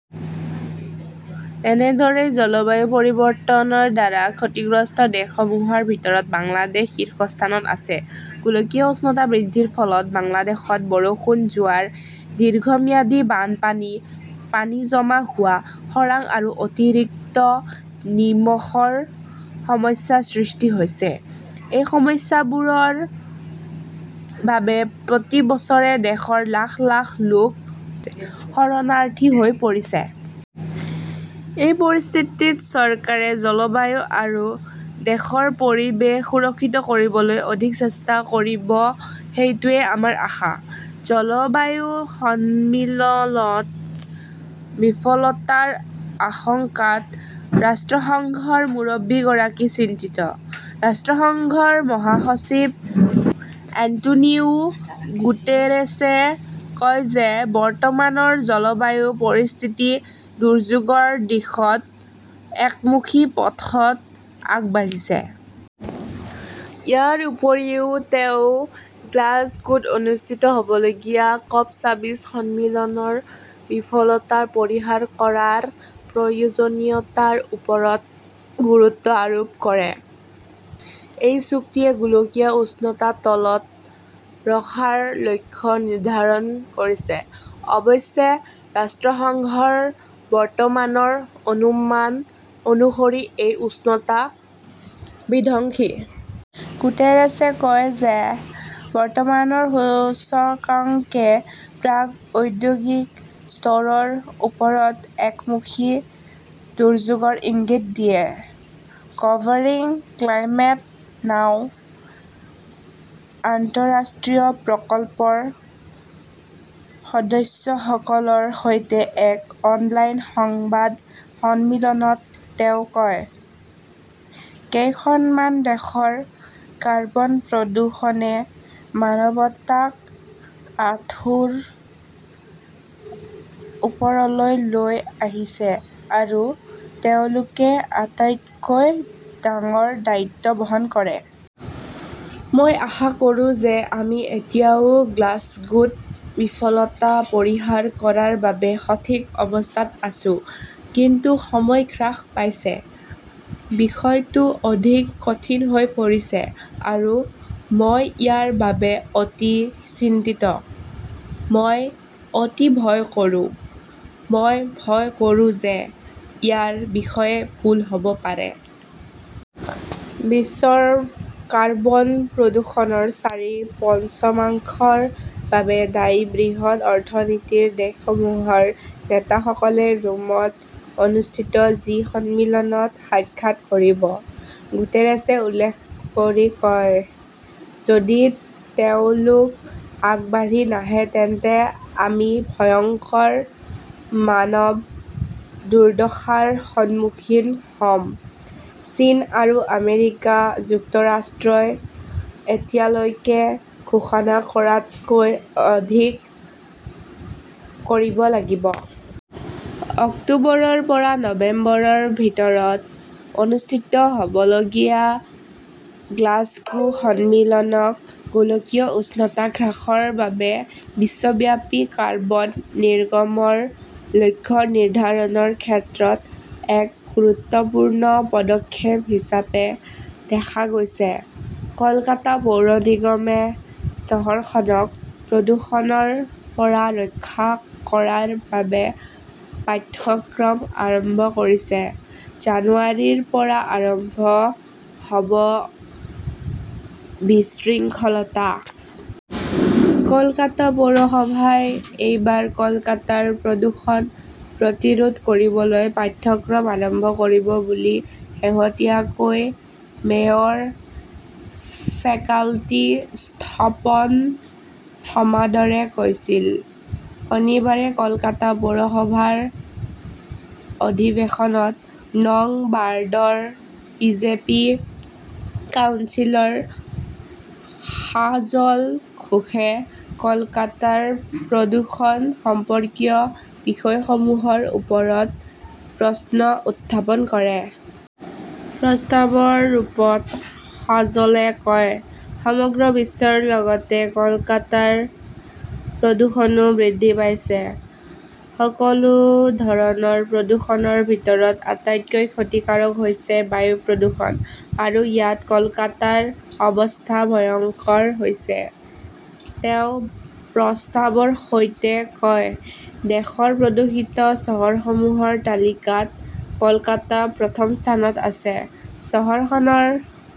এনেদৰেই জলবায়ু পৰিৱৰ্তনৰ দ্বাৰা ক্ষতিগ্ৰস্ত দেশসমূহৰ ভিতৰত বাংলাদেশ শীৰ্ষস্থানত আছে। গোলকীয় উষ্ণতা বৃদ্ধিৰ ফলত বাংলাদেশত বৰষুণ, জোৱাৰ, দীৰ্ঘম্যাদী বানপানী, পানী জমা হোৱা, খৰাং আৰু অতিৰিক্ত নিমখৰ সমস্যাৰ সৃষ্টি হৈছে। এই সমস্যাবোৰৰ বাবে প্ৰতি বছৰে দেশৰ লাখ লাখ লোক শৰণাৰ্থী হৈ পৰিছে। এই পৰিস্থিতিত চৰকাৰে জলবায়ু আৰু দেশত পৰিৱেশ সুৰক্ষিত কৰিবলৈ অধিক চেষ্টা কৰিব-সেইটোৱেই আমাৰ আশা। জলবায়ু সন্মিলনৰ বিফলতাৰ আশংকাত ৰাষ্ট্ৰসংঘৰ মুৰব্বীগৰাকী চিন্তিত। ৰাষ্ট্ৰসংঘৰ মহাসচিব এন্টোনিও গুটেৰেছে কয় যে বৰ্তমানৰ জলবায়ু পৰিস্থিতি "দুৰ্যোগৰ দিশত একমুখী পথত আগবাঢ়িছে"। ইয়াৰ উপৰিও তেওঁ গ্লাছগোত অনুষ্ঠিত হ'বলগীয়া কপ ছাবিছ সন্মিলনৰ "বিফলতা পৰিহাৰ কৰা" ৰ প্ৰয়োজনীয়তাৰ ওপৰতো গুৰুত্ব আৰোপ কৰে। এই চুক্তিয়ে গোলকীয় উষ্ণতা তলত ৰখাৰ লক্ষ্য নিৰ্ধাৰণ কৰিছে। অৱশ্যে, ৰাষ্ট্ৰসংঘৰ বৰ্তমানৰ অনুমান অনুসৰি এই উষ্ণতা "বিধ্বংসী" । গুটেৰেছে কয় যে বৰ্তমানৰ সূচকাংকে প্ৰাক-ঔদ্যোগিক স্তৰৰ ওপৰত একমুখী দুৰ্যোগৰ ইংগিত দিয়ে। 'কভাৰিং ক্লাইমেট নাও "আন্তঃৰাষ্ট্ৰীয় প্ৰকল্পৰ সদস্যসকলৰ সৈতে এক অনলাইন সংবাদ সন্মিলনত তেওঁ কয়," কেইখনমান দেশৰ কাৰ্বন প্ৰদূষণে মানৱতাক আঁঠুৰ ওচৰলৈ লৈ আহিছে আৰু তেওঁলোকে আটাইতকৈ ডাঙৰ দায়িত্ব বহন কৰে। "মই আশা কৰোঁ যে আমি এতিয়াও গ্লাছগোত বিফলতা পৰিহাৰ কৰাৰ বাবে সঠিক অৱস্থাত আছো, কিন্তু সময় হ্ৰাস পাইছে, বিষয়টো অধিক কঠিন হৈ পৰিছে আৰু মই ইয়াৰ বাবে অতি চিন্তিত। মই অতি ভয় কৰোঁ, মই ভয় কৰোঁ যে ইয়াৰ বিষয়ে ভুল হ 'ব পাৰে। "বিশ্বৰ কাৰ্বন প্ৰদূষণৰ চাৰি-পঞ্চমাংশৰ বাবে দায়ী বৃহৎ অৰ্থনীতিৰ দেশসমূহৰ নেতাসকলে ৰোমত অনুষ্ঠিত জি- সন্মিলনত সাক্ষাৎ কৰিব। "গুটেৰেছে উল্লেখ কৰি কয়", "যদি তেওঁলোক আগবাঢ়ি নাহে তেন্তে আমি ভয়ংকৰ মানৱ দুৰ্দশাৰ সন্মুখীন হ" ম। " "চীন আৰু আমেৰিকা যুক্তৰাষ্ট্ৰই এতিয়ালৈকে ঘোষণা কৰাতকৈ অধিক কৰিব লাগিব। " অক্টোবৰৰ পৰা নৱেম্বৰৰ ভিতৰত অনুষ্ঠিত হ" বলগীয়া গ্লাছগো সন্মিলনক গোলকীয় উষ্ণতা হ্ৰাসৰ বাবে বিশ্বব্যাপী কাৰ্বন নিৰ্গমনৰ লক্ষ্য নিৰ্ধাৰণৰ ক্ষেত্ৰত এক গুৰুত্বপূৰ্ণ পদক্ষেপ হিচাপে দেখা গৈছে। কলকাতা পৌৰ নিগমে চহৰখনক প্ৰদূষণৰ পৰা ৰক্ষা কৰাৰ বাবে পাঠ্যক্ৰম আৰম্ভ কৰিছে, জানুৱাৰীৰ পৰা আৰম্ভ হ 'ব বিশৃংখলতা। কলকাতা পৌৰসভাই এইবাৰ কলকাতাৰ প্ৰদূষণ প্ৰতিৰোধ কৰিবলৈ পাঠ্যক্ৰম আৰম্ভ কৰিব বুলি শেহতীয়াকৈ মেয়ৰ ফেকাল্টি স্বপন সমাদৰে কৈছিল। শনিবাৰে কলকাতা পৌৰসভাৰ অধিৱেশনত নং ৱাৰ্ডৰ বিজেপি কাউন্সিলৰ সাজল ঘোষে কলকাতাৰ প্ৰদূষণ সম্পৰ্কীয় বিষয়সমূহৰ ওপৰত প্ৰশ্ন উত্থাপন কৰে। প্ৰস্তাৱৰ ৰূপত সাজলে কয়, "সমগ্ৰ বিশ্বৰ লগতে কলকাতাৰ প্ৰদূষণো বৃদ্ধি পাইছে। সকলো ধৰণৰ প্ৰদূষণৰ ভিতৰত আটাইতকৈ ক্ষতিকাৰক হৈছে বায়ু প্ৰদূষণ, আৰু ইয়াত কলকাতাৰ অৱস্থা ভয়ংকৰ হৈছে। তেওঁ প্ৰস্তাৱৰ সৈতে কয় "দেশৰ প্ৰদূষিত চহৰসমূহৰ তালিকাত কলকাতা প্ৰথম স্থানত আছে", । চহৰখনৰ